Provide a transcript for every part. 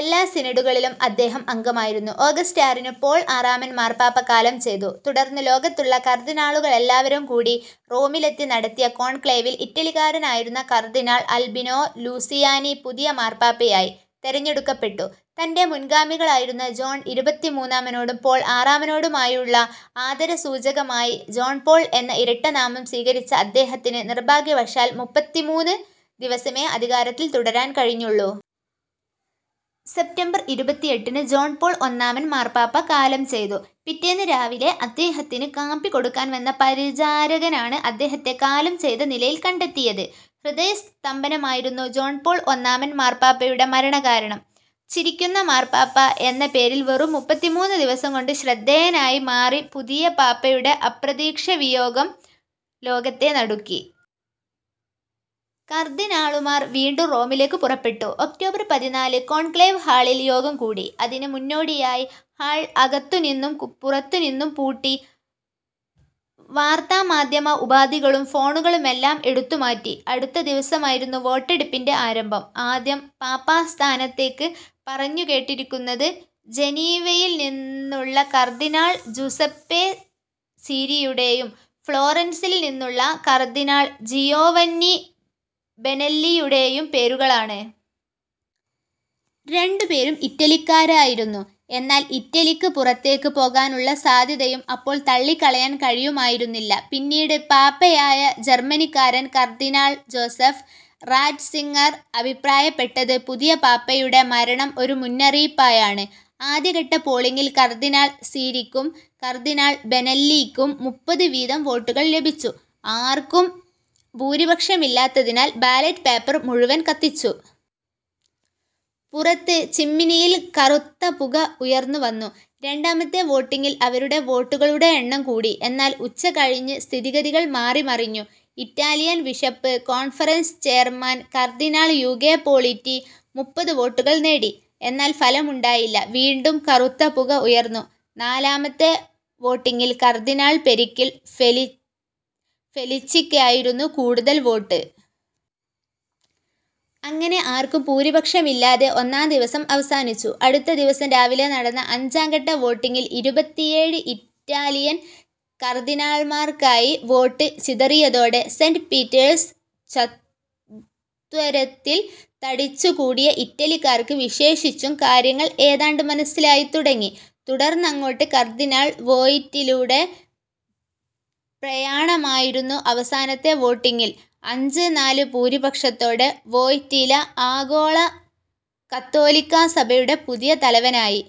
എല്ലാ സിനഡുകളിലും അദ്ദേഹം അംഗമായിരുന്നു. ഓഗസ്റ്റ് ആറിന് പോൾ ആറാമൻ മാർപ്പാപ്പ കാലം ചെയ്തു. തുടർന്ന് ലോകത്തുള്ള കർദ്ദിനാളുക എല്ലാവരും കൂടി റോമിലെത്തി നടത്തിയ കോൺക്ലേവിൽ ഇറ്റലിക്കാരനായിരുന്ന കർദ്ദിനാൾ അൽബിനോ ലൂസിയാനി പുതിയ മാർപ്പാപ്പയായി തിരഞ്ഞെടുക്കപ്പെട്ടു. തന്റെ മുൻഗാമികളായിരുന്ന ജോൺ ഇരുപത്തിമൂന്നാമനോടും പോൾ ആറാമനോടുമുയുള്ള ആദരസൂചകമായി 'ജോൺ പോൾ' എന്ന ഇരട്ടനാമം സ്വീകരിച്ച അദ്ദേഹത്തിന്, നിർഭാഗ്യവശാൽ മുപ്പത്തിമൂന്ന് ദിവസമേ അധികാരത്തിൽ തുടരാൻ കഴിഞ്ഞൊള്ളൂ. സെപ്റ്റംബർ ഇരുപത്തിഎട്ടിന് ജോൺ പോൾ ഒന്നാമൻ മാർപ്പാപ്പ കാലം ചെയ്തു. പിറ്റേന്ന് രാവിലെ അദ്ദേഹത്തിന് കാപ്പി കൊടുക്കാൻ വന്ന പരിചാരകനാണ് അദ്ദേഹത്തെ കാലം ചെയ്ത നിലയിൽ കണ്ടെത്തിയത്. ഹൃദയസ്തംഭനമായിരുന്നു ജോൺ പോൾ ഒന്നാമൻ മാർപ്പാപ്പയുടെ മരണകാരണം. 'ചിരിയ്ക്കുന്ന മാർപ്പാപ്പ' എന്ന പേരിൽ വെറും മുപ്പത്തിമൂന്ന് ദിവസം കൊണ്ട് ശ്രദ്ധേയനായി മാറി പുതിയ പാപ്പയുടെ അപ്രതീക്ഷവിയോഗം ലോകത്തെ നടുക്കി. കർദ്ദിനാളുമാർ വീണ്ടും റോമിലേയ്ക്ക് പുറപ്പെട്ടു. ഒക്ടോബർ പതിനാല് കോൺക്ലേവ് ഹാളിൽ യോഗം കൂടി. അതിന് മുന്നോടിയായി ഹാൾ അകത്തുനിന്നും പുറത്തുനിന്നും പൂട്ടി. വാർത്താമാധ്യമ ഉപാധികളും ഫോണുകളുമെല്ലാം എടുത്തുമാറ്റി. അടുത്ത ദിവസമായിരുന്നു വോട്ടെടുപ്പിന്റെ ആരംഭം. ആദ്യം പാപ്പാസ്ഥാനത്തേയ്ക്ക് പറഞ്ഞുകേട്ടിരുന്നത് ജനീവയിൽ നിന്നുള്ള കർദ്ദിനാൾ ജുസപ്പേ സീരിയുടെയും ഫ്ലോറൻസിൽ നിന്നുള്ള കർദ്ദിനാൾ ജിയോവന്നി ബെനെല്ലിയുടെയും പേരുകളാണ്. രണ്ടുപേരും ഇറ്റലിക്കാരായിരുന്നു. എന്നാൽ, ഇറ്റലിയ്ക്ക് പുറത്തേയ്ക്ക് പോകാനുള്ള സാധ്യതയും അപ്പോൾ തള്ളിക്കളയാൻ കഴിയുമായിരുന്നില്ല. പിന്നീട് പാപ്പയായ ജർമ്മനിക്കാരൻ കർദ്ദിനാൾ ജോസഫ് റാറ്റ്സിങ്ങർ അഭിപ്രായപ്പെട്ടത് പുതിയ പാപ്പയുടെ മരണം ഒരു മുന്നറിയിപ്പായാണ്. ആദ്യഘട്ട പോളിങ്ങിൽ കർദ്ദിനാൾ സീരിയ്ക്കും കർദ്ദിനാൾ ബെനെല്ലിയ്ക്കും മുപ്പത് വീതം വോട്ടുകൾ ലഭിച്ചു. ആർക്കും ഭൂരിപക്ഷമില്ലാത്തതിനാൽ ബാലറ്റ് പേപ്പർ മുഴുവൻ കത്തിച്ചു. പുറത്ത് ചിമ്മിനിയിൽ കറുത്ത പുക ഉയർന്നുവന്നു. രണ്ടാമത്തെ വോട്ടിങ്ങിൽ അവരുടെ വോട്ടുകളുടെ എണ്ണം കൂടി. എന്നാൽ ഉച്ചകഴിഞ്ഞ് സ്ഥിതിഗതികൾ മാറിമറിഞ്ഞു. Italian bishop conference chairman cardinal Ugo Poletti മുപ്പത് വോട്ടുകൾ നേടി. എന്നാൽ, ഫലമുണ്ടായില്ല. വീണ്ടും കറുത്ത പുക ഉയർന്നു. നാലാമത്തെ വോട്ടിങ്ങിൽ കർദ്ദിനാൾ പെരിക്കിൾ ഫെലി ഫെലിച്ചിയ്ക്കായിരുന്നു കൂടുതൽ വോട്ട്. അങ്ങനെ ആർക്കും ഭൂരിപക്ഷമില്ലാതെ ഒന്നാം ദിവസം അവസാനിച്ചു. അടുത്ത ദിവസം രാവിലെ നടന്ന അഞ്ചാം ഘട്ട വോട്ടിങ്ങിൽ ഇരുപത്തിഏഴ് ഇറ്റാലിയൻ കർദ്ദിനാൾമാർക്കായി വോട്ട് ചിതറിയതോടെ സെന്റ് പീറ്റേഴ്സ് ചത്വരത്തിൽ തടിച്ചുകൂടിയ ഇറ്റലിക്കാർക്ക് വിശേഷിച്ചും കാര്യങ്ങൾ ഏതാണ്ട് മനസ്സിലായിത്തുടങ്ങി. തുടർന്നങ്ങോട്ട് കർദ്ദിനാൾ വോയ്റ്റിലൂടെ പ്രയാണമായിരുന്നു. അവസാനത്തെ വോട്ടിങ്ങിൽ അഞ്ചിൽ നാല് ഭൂരിപക്ഷത്തോടെ വോയ്റ്റീല ആഗോള കത്തോലിക്കാസഭയുടെ പുതിയ തലവനായി.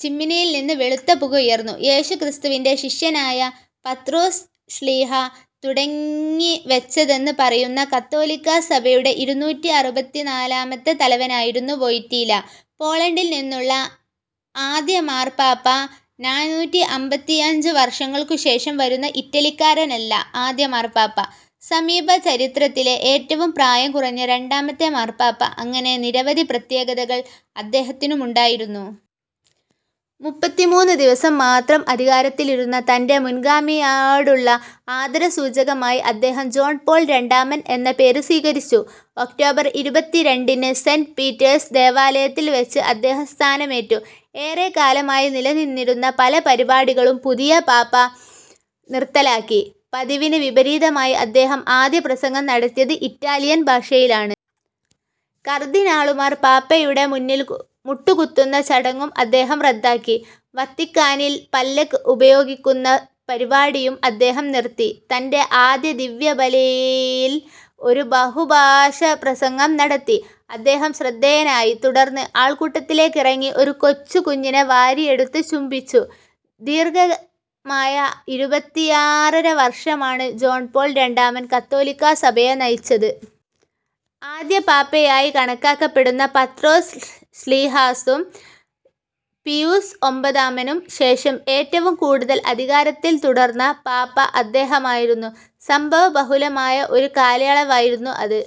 ചിമ്മിനിയിൽ നിന്ന് വെളുത്ത പുക ഉയർന്നു. യേശുക്രിസ്തുവിന്റെ ശിഷ്യനായ പത്രോസ് ശ്ലീഹാ തുടങ്ങിവച്ചതെന്ന് പറയുന്ന കത്തോലിക്കാസഭയുടെ ഇരുന്നൂറ്റിഅറുപത്തിനാലാമത്തെ തലവനായിരുന്നു വോയ്റ്റീല. പോളണ്ടിൽ നിന്നുള്ള ആദ്യ മാർപ്പാപ്പ, നാനൂറ്റിഅമ്പത്തിയഞ്ചു വർഷങ്ങൾക്കുശേഷം വരുന്ന ഇറ്റലിക്കാരനല്ല ആദ്യ മാർപ്പാപ്പ, സമീപ ചരിത്രത്തിലെ ഏറ്റവും പ്രായം കുറഞ്ഞ രണ്ടാമത്തെ മാർപ്പാപ്പ അങ്ങനെ നിരവധി പ്രത്യേകതകൾ അദ്ദേഹത്തിനുമുണ്ടായിരുന്നു. മുപ്പത്തിമൂന്ന് ദിവസം മാത്രം അധികാരത്തിലിരുന്ന തന്റെ മുൻഗാമിയോടുള്ള ആദരസൂചകമായി അദ്ദേഹം ജോൺ പോൾ രണ്ടാമൻ എന്ന പേര് സ്വീകരിച്ചു. ഒക്ടോബർ ഇരുപത്തിരണ്ടിന് സെന്റ് പീറ്റേഴ്സ് ദേവാലയത്തിൽ വെച്ച് അദ്ദേഹം സ്ഥാനമേറ്റു. ഏറെക്കാലമായി നിലനിന്നിരുന്ന പല പരിപാടികളും പുതിയ പാപ്പ നിർത്തലാക്കി. പതിവിന് വിപരീതമായി അദ്ദേഹം ആദ്യ പ്രസംഗം നടത്തിയത് ഇറ്റാലിയൻ ഭാഷയിലാണ്. കർദ്ദിനാളുമാർ പാപ്പയുടെ മുന്നിൽ മുട്ടുകുത്തുന്ന ചടങ്ങും അദ്ദേഹം റദ്ദാക്കി. വത്തിക്കാനിൽ പല്ലക്ക് ഉപയോഗിക്കുന്ന പരിപാടിയും അദ്ദേഹം നിർത്തി. തന്റെ ആദ്യ ദിവ്യബലിയിൽ ഒരു ബഹുഭാഷാപ്രസംഗം നടത്തി അദ്ദേഹം ശ്രദ്ധേയനായി. തുടർന്ന് ആൾക്കൂട്ടത്തിലേക്കിറങ്ങി ഒരു കൊച്ചുകുഞ്ഞിനെ വാരിയെടുത്ത് ചുംബിച്ചു. ദീർഘമായ ഇരുപത്തിയാറര വർഷമാണ് ജോൺ പോൾ രണ്ടാമൻ കത്തോലിക്കാ സഭയെ നയിച്ചത്. ആദ്യ പാപ്പയായി കണക്കാക്കപ്പെടുന്ന പത്രോസ് ശ്ലീഹാസും, പീയൂസ് ഒമ്പതാമനും ശേഷം ഏറ്റവും കൂടുതൽ അധികാരത്തിൽ തുടർന്ന പാപ്പ അദ്ദേഹമായിരുന്നു. സംഭവബഹുലമായ ഒരു കാലയളവായിരുന്നു അത്.